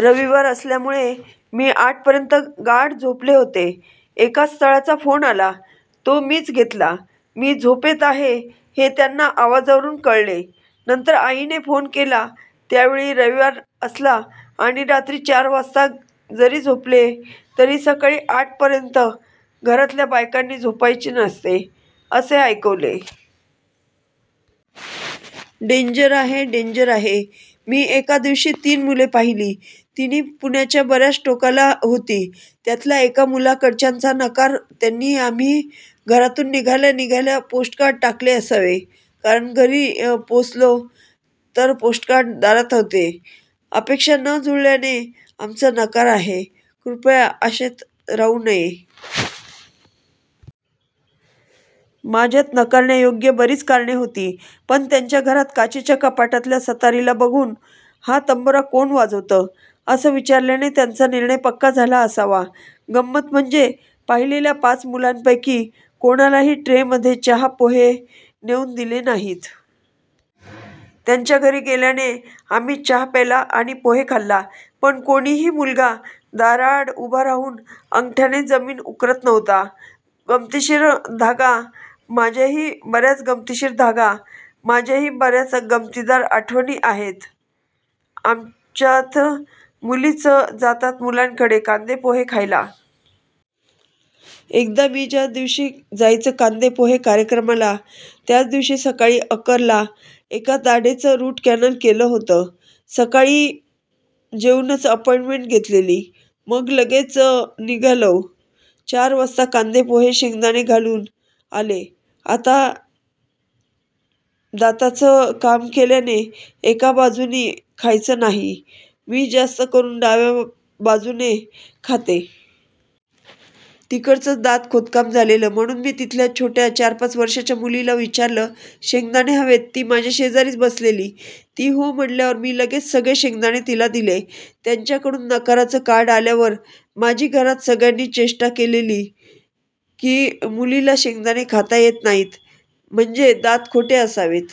रविवार असल्यामुळे मी आठ पर्यंत गाढ झोपले होते. एका स्थळाचा फोन आला, तो मीच घेतला. मी झोपेत आहे हे त्यांना आवाजावरून कळले. नंतर आईने फोन केला त्यावेळी "रविवार असला आणि रात्री चार वाजता जरी झोपले तरी सकाळी आठ पर्यंत घरातल्या बायकांनी झोपायचे नसते ", असे ऐकवले. डेंजर आहे डेंजर आहे मी एका दिवशी तीन मुले पाहिली. तिन्ही पुण्याच्या बऱ्याच टोकाला होती. त्यातल्या एका मुलांकडच्यांचा नकार त्यांनी आम्ही घरातून निघाल्या निघाल्या पोस्टकार्ड टाकले असावे, कारण घरी पोहचलो तर पोस्टकार्ड दारात होते 'अपेक्षा न जुळल्याने आमचा नकार आहे, कृपया आशेत राहू नये. " माझ्यात नाकारण्या योग्य बरीच कारणे होती. पण त्यांच्या घरात काचेच्या कपाटातल्या सतारीला बघून 'हा तंबोरा कोण वाजवतं' असं विचरल्याने त्यांचा निर्णय पक्का झाला असावा गंमत म्हणजे पाहिलेल्या पाच मुलांपैकी कोणालाही ट्रे मध्ये चहा पोहे नेऊन दिले नाहीत. त्यांच्या घरी गेल्याने आम्हीच चहा प्यायला आणि पोहे खाल्ला. पण कोणीही मुलगा दाराआड उभा राहून अंगठ्याने जमीन उकरत नव्हता. गमतीशीर धागा, माझ्याही बऱ्याच गमतीशीर धागा, माझ्याही बऱ्याच गमतीदार आठवणी आहेत. आमच्यात मुलीच जातात मुलांकडे कांदेपोहे खायला. एकदा मी ज्या दिवशी जायचं कांदेपोहे कार्यक्रमाला त्याच दिवशी सकाळी अकर ला एका दाढेचं रूट कँनल केलं होतं. सकाळी जेऊनच अपॉइंटमेंट घेतलेली. मग लगेच निघालो. चार वाजता कांदेपोहे शेंगदाणे घालून आले. आता दाताच काम केल्याने एक बाजूने खायचं नाही, मी जास्त करून डाव्या बाजूने खाते. तिकडचच दात खोदकाम झालेलं. म्हणून मी तिथल्या छोट्या चार ,पाच वर्षांच्या मुलीला विचारलं शेंगदाणे हवेत? ती माझ्यशेजारीच बसलेली. ती हो म्हणल्यावर मी लगेच सगळे शेंगदाणे तिला दिले. त्यांच्याकडून नकाराचं कार्ड आल्यावर माझी घरात सगळ्यांनी चेष्टा केलेली की मुलीला शेंगदाणे खाता येत नाहीत म्हणजे दात खोटे असावेत.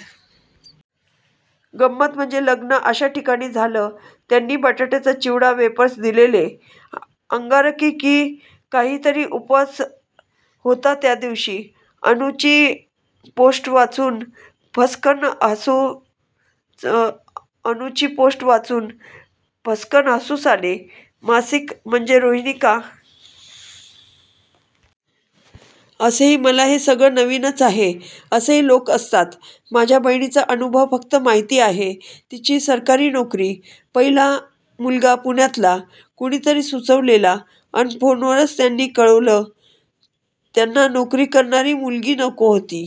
गम्मत म्हणजे लग्न अशा ठिकाणी झालं त्यांनी बटाट्याचा चिवडा, वेफर्स दिलेले. अंगारकी की काहीतरी उपवास होता त्या दिवशी. अनु ची पोस्ट वाचून फसकन हसूच अनु ची पोस्ट वाचून फसकन हसूच आले. मासिक म्हणजे रोहिणी का? असेही मला हे सगळं नवीन च आहे! असेही लोकं असतात?? माझ्या बहिणीचा अनुभव फक्त माहिती आहे.. तीची सरकारी नोकरी.. पहिला मुलगा पुण्यातला.. कुणीतरी सुचवलेला.. पण फोनवरच त्यांनी कळवलं त्यांना नोकरी करणारी मुलगी नको होती.